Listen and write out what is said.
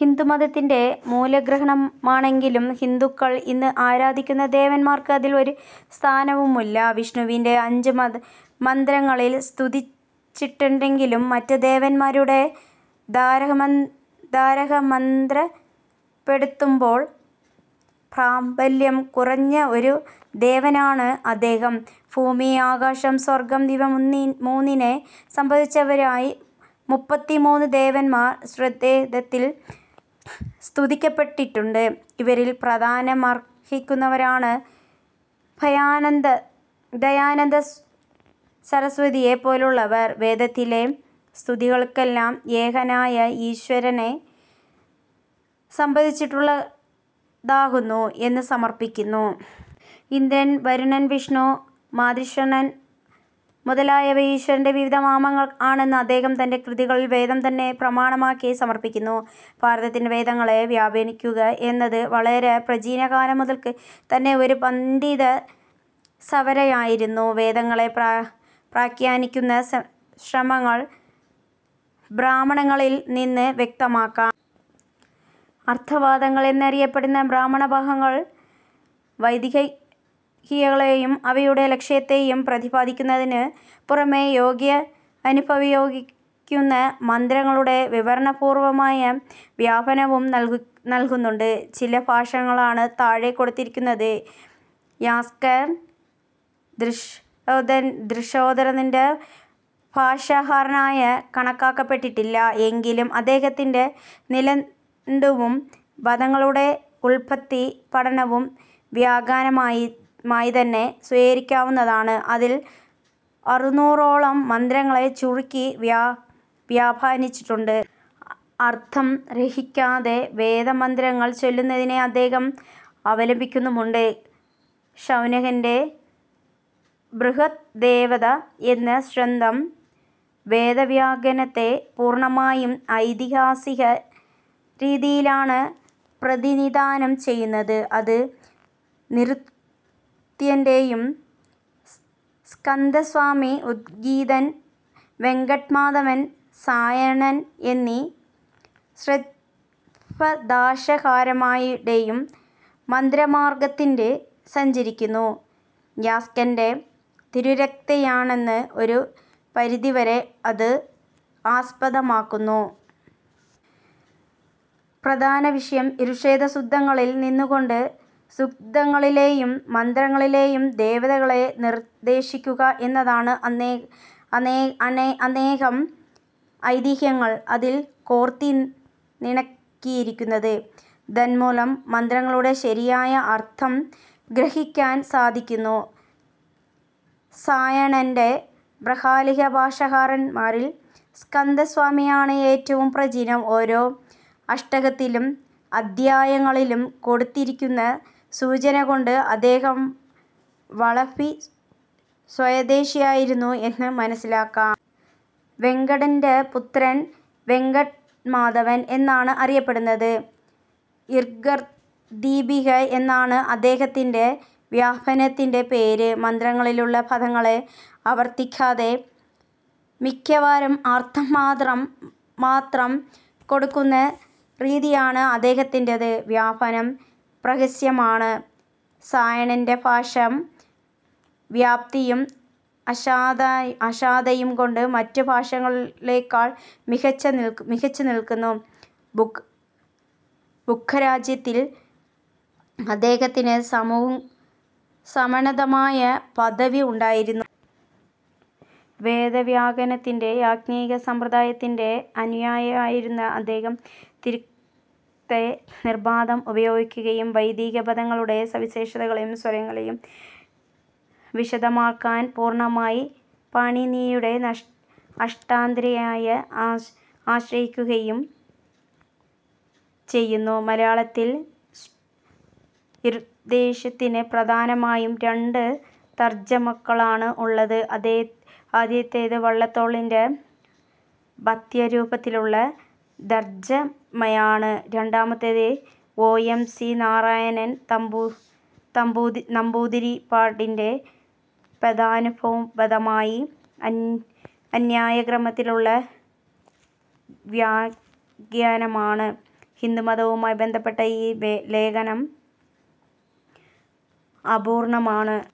ഹിന്ദുമതത്തിൻ്റെ മൂലഗ്രന്ഥമാണെങ്കിലും ഹിന്ദുക്കൾ ഇന്ന് ആരാധിക്കുന്ന ദേവന്മാർക്ക് അതിൽ ഒരു സ്ഥാനവുമില്ല. വിഷ്ണുവിനെ അഞ്ചു മന്ത്രങ്ങളിൽ സ്തുതിച്ചിട്ടുണ്ടെങ്കിലും മറ്റ് ദേവൻമാരോടു താരതമ്യപ്പെടുത്തുമ്പോൾ പ്രാബല്യം കുറഞ്ഞ ഒരു ദേവനാണ് അദ്ദേഹം. ഭൂമി, ആകാശം, സ്വർഗം ഇവ മൂന്നിനെ സംബന്ധിച്ചവരായി മുപ്പത്തിമൂന്ന് ദേവതകൾ ഋഗ്വേദത്തിൽ സ്തുതിക്കപ്പെട്ടിട്ടുണ്ട്. ഇവരിൽ പ്രാധാന്യമർഹിക്കുന്നവരാണ് ദയാനന്ദ സരസ്വതിയെ പോലുള്ളവർ വേദത്തിലെ സ്തുതികളെല്ലാം ഏകനായ ഈശ്വരനെ സംബന്ധിച്ചുള്ളതാകുന്നു എന്നു സമർത്ഥിക്കുന്നു. ഇന്ദ്രൻ, വരുണൻ, വിഷ്ണു, മാതരിശ്വാനൻ മുതലായവ ഈശ്വരൻ്റെ വിവിധ നാമങ്ങൾ ആണെന്ന് അദ്ദേഹം തൻ്റെ കൃതികളിൽ വേദം തന്നെ പ്രമാണമാക്കി സമർത്ഥിക്കുന്നു. ഭാരതത്തിൽ വേദങ്ങളെ വ്യാഖ്യാനിക്കുക എന്നത് വളരെ പ്രാചീന കാലം മുതൽക്ക് തന്നെ ഒരു പണ്ഡിത സപര്യയായിരുന്നു. വേദങ്ങളെ വ്യാഖ്യാനിക്കുന്ന ശ്രമങ്ങൾ ബ്രാഹ്മണങ്ങളിൽ നിന്ന് വ്യക്തമാക്കാം. അർത്തവാദങ്ങൾ എന്നറിയപ്പെടുന്ന ബ്രാഹ്മണഭാഗങ്ങൾ വൈദികക്രിയകളേയും അവയുടെ ലക്ഷ്യത്തേയും പ്രതിപാദിക്കുന്നതിനു പുറമേ യാഗത്തിനുപയോഗിക്കുന്ന മന്ത്രങ്ങളുടെ വിവരണപൂർവ്വമായ വ്യാഖ്യാനവും നൽകുന്നുണ്ട്. ചില ഭാഷ്യങ്ങളാണ് താഴെ കൊടുത്തിരിക്കുന്നത്. യാസ്കൻ ഋഗ്വേദത്തിൻ്റെ ഭാഷ്യാകാരനായി കണക്കാക്കപ്പെട്ടിട്ടില്ല. എങ്കിലും അദ്ദേഹത്തിൻ്റെ നിഘണ്ടുവും പദങ്ങളുടെ ഉല്പത്തി പഠനവും വ്യാഖ്യാനമായിതന്നെ സ്വീകരിക്കാവുന്നതാണ്. അതിൽ അറുന്നൂറോളം മന്ത്രങ്ങളെ ചുരുക്കി വ്യാഖ്യാനിച്ചിട്ടുണ്ട്. അർത്ഥം ഗ്രഹിക്കാതെ വേദമന്ത്രങ്ങൾ ചൊല്ലുന്നതിനെ അദ്ദേഹം അപലപിക്കുന്നുമുണ്ട്. ശൗനകൻ്റെ ബൃഹദ് ദേവദ എന്ന ഗ്രന്ഥം വേദവ്യാഖ്യാനത്തെ പൂർണ്ണമായും ഐതിഹാസിക രീതിയിലാണ് പ്രതിനിധാനം ചെയ്യുന്നത്. അത് നിരുക്തത്തിൻ്റേയും, സ്കന്ദസ്വാമി, ഉദ്ഗീഥൻ, വെങ്കടമാധവൻ, സായണൻ എന്നീ ഋഗ്വേദഭാഷ്യാകാരന്മാരുടേയും മദ്ധ്യമാർഗ്ഗത്തിൽ സഞ്ചരിക്കുന്നു. യാസ്കൻ്റെ നിരുക്തത്തെയാണ് ഒരു പരിധിവരെ അത് ആസ്പദമാക്കുന്നത്. പ്രധാനവിഷയം ഋഗ്വേദസൂക്തങ്ങളിൽ നിന്നുകൊണ്ട് സൂക്തങ്ങളിലേയും മന്ത്രങ്ങളിലേയും ദേവതകളെ നിർദ്ദേശിക്കുക എന്നതാണ്. അനേകം ഐതിഹ്യങ്ങൾ അതിൽ കോർത്തിണക്കിയിരിക്കുന്നു. തന്മൂലം മന്ത്രങ്ങളുടെ ശരിയായ അർത്ഥം ഗ്രഹിക്കാൻ സാധിക്കുന്നു. സായണൻ്റെ പ്രക്കാലിക ഭാഷ്യാകാരന്മാരിൽ സ്കന്ദസ്വാമിയാണ് ഏറ്റവും പ്രചീനം. ഓരോ അഷ്ടകത്തിലും അദ്ധ്യായാന്തങ്ങളിലും കൊടുത്തിരിക്കുന്ന സൂചനകൊണ്ട് അദ്ദേഹം വളഭി സ്വദേശിയായിരുന്നു എന്നു മനസ്സിലാക്കാം. വെങ്കടൻ്റെ പുത്രൻ വെങ്കടമാധവൻ എന്നാണ് അറിയപ്പെടുന്നത്. ഋഗർത്ഥദീപിക എന്നാണ് അദ്ദേഹത്തിൻ്റെ വ്യാഖ്യാനത്തിൻ്റെ പേര്. മന്ത്രങ്ങളിലുള്ള പദങ്ങളെ ആവർത്തിക്കാതെ മിക്കവാറും അർത്ഥം മാത്രം കൊടുക്കുന്ന രീതിയാന് അദ്ദേഹത്തിൻ്റേത്. വ്യാഖ്യാനം ഹ്രസ്വമാണ്. സായണൻ്റെ ഭാഷ്യം വ്യാപ്തിയും അഗാധയും കൊണ്ട് മറ്റു ഭാഷ്യങ്ങളേക്കാൾ മികച്ചു നിൽകുന്നു. ബുക്കരാജ്യത്തിൽ അദ്ദേഹത്തിനു സമുന്നതമായ പദവി ഉണ്ടായിരുന്നു. വേദ വ്യാഖ്യാനത്തിൽ യാജ്ഞികസമ്പ്രദായത്തിൻ്റെ അനുയായിയായിരുന്ന അദ്ദേഹം നിരുക്തത്തെ നിർബാധം ഉപയോഗിക്കുകയും വൈദിക പദങ്ങളുടെ സവിശേഷതകളേയും സ്വരങ്ങളേയും വിശദമാക്കാൻ പൂർണ്ണമായി പാണീനിയുടെ അഷ്ടാദ്ധ്യയിയെ ആശ്രയിക്കുകയും ചെയ്യുന്നു. മലയാളത്തിൽ ഋഗ്വേദത്തിന് പ്രധാനമായും രണ്ട് തർജ്ജമകളാണ് ഉള്ളത്. ആദ്യത്തേത് വള്ളത്തോളിൻ്റെ പദ്യരൂപത്തിലുള്ള തർജ്ജമയാണ്. രണ്ടാമത്തേത് ഒ. എം. സി. നാരായണൻ നമ്പൂതിരിപ്പാടിൻ്റെ പദാനുപദമായി അന്വയക്രമത്തിലുള്ള വ്യാഖ്യാനമാണ്. ഹിന്ദുമതവുമായി ബന്ധപ്പെട്ട ഈ ലേഖനം അപൂർണ്ണമാണ്.